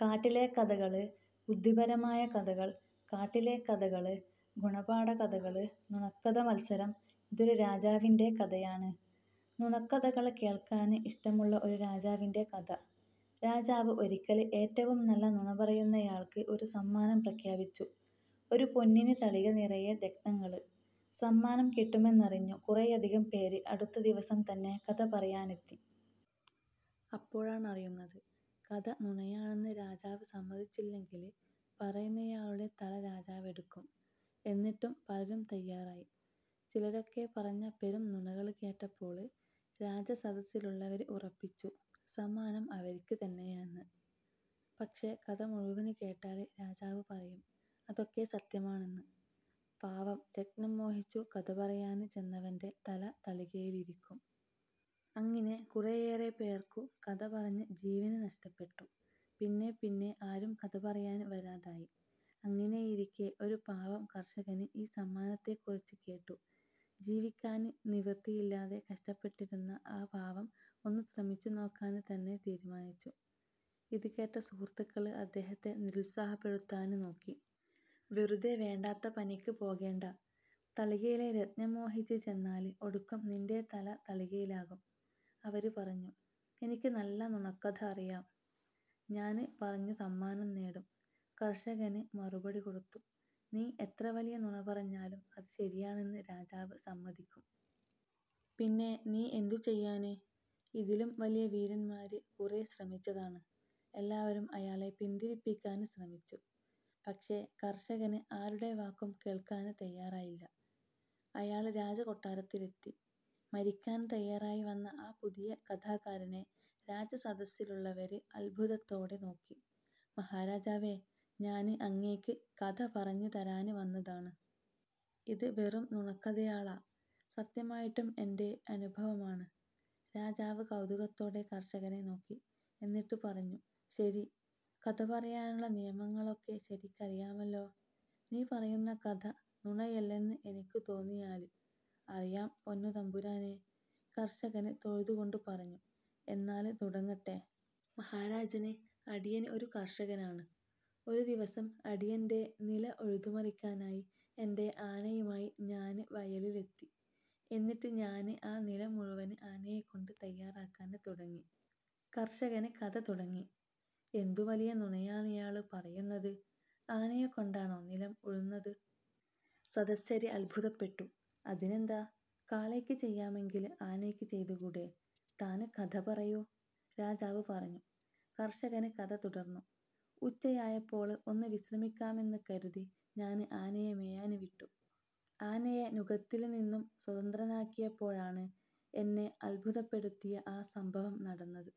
കാട്ടിലെ കഥകള് ബുദ്ധിപരമായ കഥകൾ കാട്ടിലെ കഥകള് ഗുണപാഠ കഥകള് നുണക്കഥമത്സരം ഇതൊരു രാജാവിന്റെ കഥയാണ്, നുണക്കഥകള് കേള്ക്കാന് ഇഷ്ടമുള്ള ഒരു രാജാവിന്റെ കഥ. രാജാവ് ഒരിക്കല് ഏറ്റവും നല്ല നുണ പറയുന്നയാള്ക്ക് ഒരു സമ്മാനം പ്രഖ്യാപിച്ചു ഒരു പൊന്നിന് തളിക നിറയെ രത്നങ്ങള്. സമ്മാനം കിട്ടുമെന്നറിഞ്ഞു കുറെയധികം പേര് അടുത്ത ദിവസം തന്നെ കഥ പറയാനെത്തി. അപ്പോഴാണറിയുന്നത്, കഥ നുണയാണെന്ന് രാജാവ് സമ്മതിച്ചില്ലെങ്കില് പറയുന്നയാളുടെ തല രാജാവെടുക്കും. എന്നിട്ടും പലരും തയ്യാറായി. ചിലരൊക്കെ പറഞ്ഞ പെരുംനുണകള് കേട്ടപ്പോള് രാജസദസ്സിലുള്ളവര് ഉറപ്പിച്ചു, സമ്മാനം അവര്ക്ക് തന്നെയെന്ന്. പക്ഷേ, കഥ മുഴുവന് കേട്ടാല് രാജാവ് പറയും, അതൊക്കെ സത്യമാണെന്ന്. പാവം രത്നം മോഹിച്ചു കഥ പറയാന് ചെന്നവന്റെ തല തളികയില് ഇരിക്കും. അങ്ങിനെ കുറേയേറെപ്പേര്ക്കു കഥ പറഞ്ഞ് ജീവന് നഷ്ടപ്പെട്ടു. പിന്നെ പിന്നെ ആരും കഥ പറയാന് വരാതായി. അങ്ങിനെയിരിക്കെ ഒരു പാവം കര്ഷകന് ഈ സമ്മാനത്തെക്കുറിച്ച് കേട്ടു. ജീവിക്കാന് ഒരു നിവൃത്തിയില്ലാതെ കഷ്ട്പ്പെട്ടിരുന്ന ആ പാവം ഒന്നു ശ്രമിച്ചു നോക്കാന് തന്നെ തീരുമാനിച്ചു. ഇത് കേട്ട സുഹൃത്തുക്കള് അദ്ദേഹത്തെ നിരുത്സാഹപ്പെടുത്താന് നോക്കി. "വെറുതെ വേണ്ടാത്ത പനിക്ക് പോകേണ്ട. തളികയിലെ രത്നം മോഹിച്ചു ചെന്നാല് ഒടുക്കം നിന്റെ തല തളികയിലാകും" അവര് പറഞ്ഞു. "എനിക്കു നല്ല നുണക്കഥ അറിയാം. ഞാന് അത് പറഞ്ഞു സമ്മാനം നേടും" കര്ഷകന് മറുപടി കൊടുത്തു. "നീ എത്ര വലിയ നുണ പറഞ്ഞാലും അത് ശരിയാണെന്ന് രാജാവ് സമ്മ്തിക്കും. പിന്നെ നീ എന്തു ചെയ്യാന്? ഇതിലും വലിയ വീരന്മാര് കുറെ ശ്രമിച്ചതാണ്". എല്ലാവരും അയാളെ പിന്തിരിപ്പിക്കാന് ശ്രമിച്ചു. പക്ഷേ, കര്ഷകന് ആരുടെ വാക്കും കേള്ക്കാന് തയ്യാറായില്ല. അയാള് രാജകൊട്ടാരത്തിലെത്തി. മരിക്കാന് തയ്യാറായി വന്ന ആ പുതിയ കഥാകാരനെ രാജസദസ്സിലുള്ളവര് അത്ഭുതത്തോടെ നോക്കി. "മഹാരാജാവേ.. ഞാന് അങ്ങേക്ക് കഥ പറഞ്ഞു തരാന് വന്നതാണ്. ഇതും വെറും നുണക്കഥയാള. സത്യമായിട്ടും എന്റെ അനുഭവമാണ്. " രാജാവ് കൌതുകത്തോടെ കര്ഷകനെ നോക്കി. എന്നിട്ട് പറഞ്ഞു: "ശരി. കഥ പറയാനുള്ള നിയമങ്ങളൊക്കെ ശരിക്കറിയാമല്ലോ. നീ പറയുന്ന കഥ നുണയല്ലെന്ന് എനിക്കു തോന്നിയാല്... " "അറിയാം, പൊന്നുതമ്പുരാനെ... " കര്ഷകന് തൊഴുതു കൊണ്ട് പറഞ്ഞു. "എന്നാല് തുടങ്ങട്ടെ! " "മഹാരാജന്, അടിയന് ഒരു കര്ഷകനാണ്. ഒരു ദിവസം അടിയന്റെ നില ഉഴുതു മറിക്കാനായി എന്റെ ആനയുമായി ഞാന് വയലിലെത്തി. എന്നിട്ട് ഞാന് ആ നിലം മുഴുവന് ആനയെകൊണ്ട് തയ്യാറാക്കാന് തുടങ്ങി. " കര്ഷകന് കഥ തുടങ്ങി. "എന്തു വലിയ നുണയാണിയാള് പറയുന്നത്? ആനയെക്കൊണ്ടാണോ നിലം ഉഴുന്നത്?: സദസ്യര് അത്ഭുതപ്പെട്ടു. "അതിനെന്താ. കാളയ്ക്ക് ചെയ്യാമെങ്കില് ആനയ്ക്ക് ചെയ്തു കൂടെ? താന് കഥ പറയൂ. " രാജാവ് പറഞ്ഞു. കര്ഷകന് കഥ തുടര്ന്നു: "ഉച്ചയായപ്പോള് ഒന്നു വിശ്രമിക്കാമെന്ന് കരുതി ഞാന് ആനയെ മേയാന് വിട്ടു. ആനയെ നുകത്തില് നിന്നും സ്വതന്ത്രനാക്കിയപ്പോഴാണ് എന്നെ അത്ഭുതപ്പെടുത്തിയ ആ സംഭവം നടന്നത്.